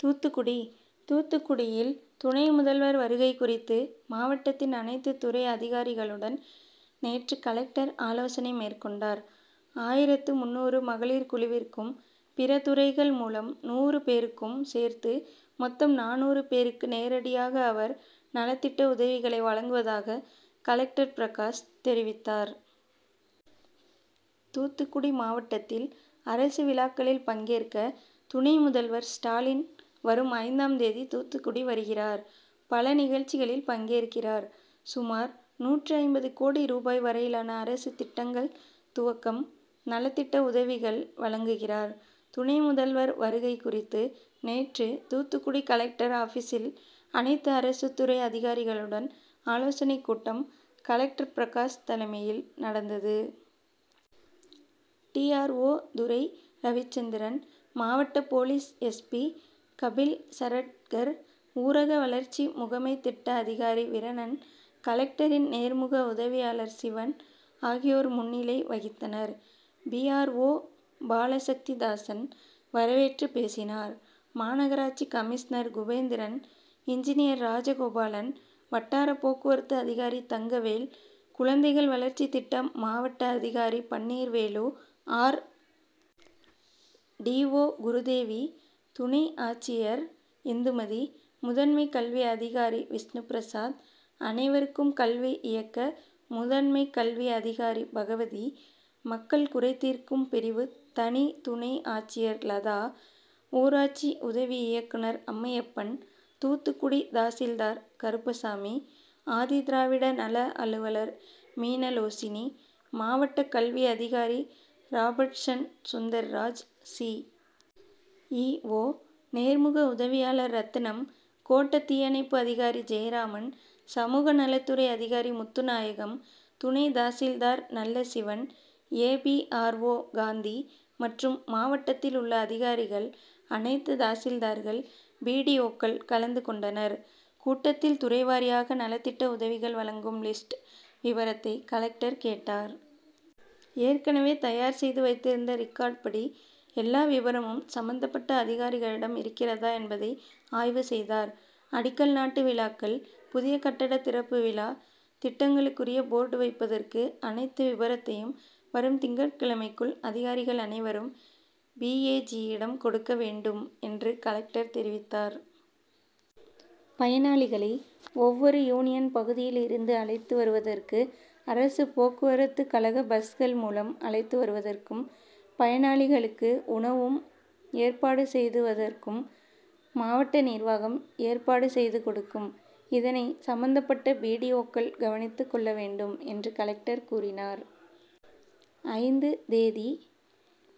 தூத்துக்குடி தூத்துக்குடியில் துணை முதல்வர் வருகை குறித்து மாவட்டத்தின் அனைத்து துறை அதிகாரிகளுடன் நேற்று கலெக்டர் ஆலோசனை மேற்கொண்டார். ஆயிரத்து முன்னூறு மகளிர் குழுவிற்கும் பிற துறைகள் மூலம் நூறு பேருக்கும் சேர்த்து மொத்தம் நானூறு பேருக்கு நேரடியாக அவர் நலத்திட்ட உதவிகளை வழங்குவதாக கலெக்டர் பிரகாஷ் தெரிவித்தார். தூத்துக்குடி மாவட்டத்தில் அரசு விழாக்களில் பங்கேற்க துணை முதல்வர் ஸ்டாலின் வரும் ஐந்தாம் தேதி தூத்துக்குடி வருகிறார். பல நிகழ்ச்சிகளில் பங்கேற்கிறார். சுமார் நூற்று ஐம்பது கோடி ரூபாய் வரையிலான அரசு திட்டங்கள் துவக்கம் நலத்திட்ட உதவிகள் வழங்குகிறார். துணை முதல்வர் வருகை குறித்து நேற்று தூத்துக்குடி கலெக்டர் ஆபிசில் அனைத்து அரசுத்துறை அதிகாரிகளுடன் ஆலோசனை கூட்டம் கலெக்டர் பிரகாஷ் தலைமையில் நடந்தது. D. R. O Durai. Ravichandran மாவட்ட police S. P Kapil Saratkar ஊரக வளர்ச்சி முகமை திட்ட அதிகாரி வீரனன் கலெக்டரின் நேர்முக உதவியாளர் சிவன் ஆகியோர் முன்னிலை வகித்தனர். பி. ஆர். ஓ பாலசக்திதாசன் வரவேற்றுப் பேசினார். மாநகராட்சி கமிஷனர் குபேந்திரன் இன்ஜினியர் ராஜகோபாலன் வட்டார போக்குவரத்து அதிகாரி தங்கவேல் குழந்தைகள் வளர்ச்சி திட்ட மாவட்ட அதிகாரி Panneervelu R. D. O Gurudevi துணை ஆட்சியர் இந்துமதி முதன்மை கல்வி அதிகாரி விஷ்ணுபிரசாத் அனைவருக்கும் கல்வி இயக்க முதன்மை கல்வி அதிகாரி பகவதி மக்கள் குறைதீர்க்கும் பிரிவு தனி துணை ஆட்சியர் லதா ஊராட்சி உதவி இயக்குநர் அம்மையப்பன் தூத்துக்குடி தாசில்தார் கருப்பசாமி ஆதிதிராவிட நல அலுவலர் மீனலோசினி மாவட்ட கல்வி அதிகாரி ராபர்ட்சன் சுதந்திரராஜ் சி. இ. ஓ நேர்முக உதவியாளர் ரத்தினம் கோட்ட தீயணைப்பு அதிகாரி ஜெயராமன் சமூகநலத்துறை அதிகாரி முத்துநாயகம் துணை தாசில்தார் Nallasivan A. P. R. O Gandhi மற்றும் மாவட்டத்தில் உள்ள அதிகாரிகள் அனைத்து தாசில்தார்கள் பி. டி. ஓக்கள் கலந்து கொண்டனர். கூட்டத்தில் துறைவாரியாக நலத்திட்ட உதவிகள் வழங்கும் லிஸ்ட் விபரத்தை கலெக்டர் கேட்டார். ஏற்கனவே தயார் செய்து வைத்திருந்த ரிக்கார்டு படி எல்லா விபரமும் சம்பந்தப்பட்ட அதிகாரிகளிடம் இருக்கிறதா என்பதை ஆய்வு செய்தார். அடிக்கல் நாட்டு விழாக்கள் புதிய கட்டட திறப்பு விழா திட்டங்களுக்குரிய போர்டு வைப்பதற்கு அனைத்து விபரத்தையும் வரும் திங்கட்கிழமைக்குள் அதிகாரிகள் அனைவரும் பி. ஏ. ஜியிடம் கொடுக்க வேண்டும் என்று கலெக்டர் தெரிவித்தார். பயனாளிகளை ஒவ்வொரு யூனியன் பகுதியில் இருந்து அழைத்து வருவதற்கு அரசு போக்குவரத்துகழக பஸ்கள் மூலம் அழைத்து வருவதற்கும் பயனாளிகளுக்கு உணவும் ஏற்பாடு செய்துவதற்கும் மாவட்ட நிர்வாகம் ஏற்பாடு செய்து கொடுக்கும். இதனை சம்பந்தப்பட்ட பி. டி. ஓக்கள் கவனித்து கொள்ள வேண்டும் என்று கலெக்டர் கூறினார். ஐந்து தேதி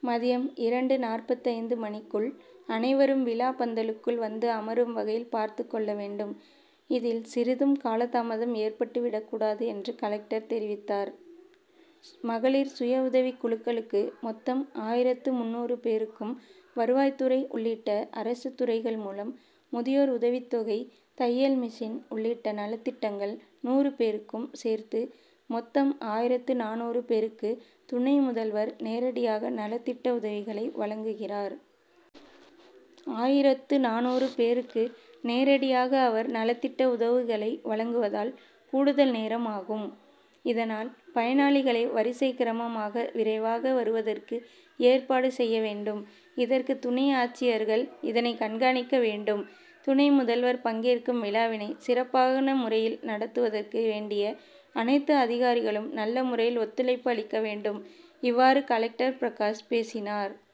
மதியம் இரண்டு.நாற்பத்தைந்து மணிக்குள் அனைவரும் விழா பந்தலுக்குள் வந்து அமரும் வகையில் பார்த்து கொள்ள வேண்டும். இதில் சிறிதும் காலதாமதம் ஏற்பட்டு விடக் கூடாது என்று கலெக்டர் தெரிவித்தார். மகளிர் சுய உதவிக்குழுக்களுக்கு மொத்தம் ஆயிரத்து முன்னூறு பேருக்கும் வருவாய்துறை உள்ளிட்ட அரசு துறைகள் மூலம் முதியோர் உதவித் தொகை தையல் மிஷின் உள்ளிட்ட நலத்திட்டங்கள் நூறு பேருக்கும் சேர்த்து மொத்தம் ஆயிரத்து நானூறு பேருக்கு துணை முதல்வர் நேரடியாக நலத்திட்ட உதவிகளை வழங்குகிறார். ஆயிரத்து நானூறு பேருக்கு நேரடியாக அவர் நலத்திட்ட உதவிகளை வழங்குவதால் கூடுதல் நேரம் ஆகும். இதனால் பயனாளிகளை வரிசைக்கிரமாக விரைவாக வருவதற்கு ஏற்பாடு செய்ய வேண்டும். இதற்கு துணை ஆட்சியர்கள் இதனை கண்காணிக்க வேண்டும். துணை முதல்வர் பங்கேற்கும் விழாவினை சிறப்பான முறையில் நடத்துவதற்கு வேண்டிய அனைத்து அதிகாரிகளும் நல்ல முறையில் ஒத்துழைப்பு அளிக்க வேண்டும். இவ்வாறு கலெக்டர் பிரகாஷ் பேசினார்.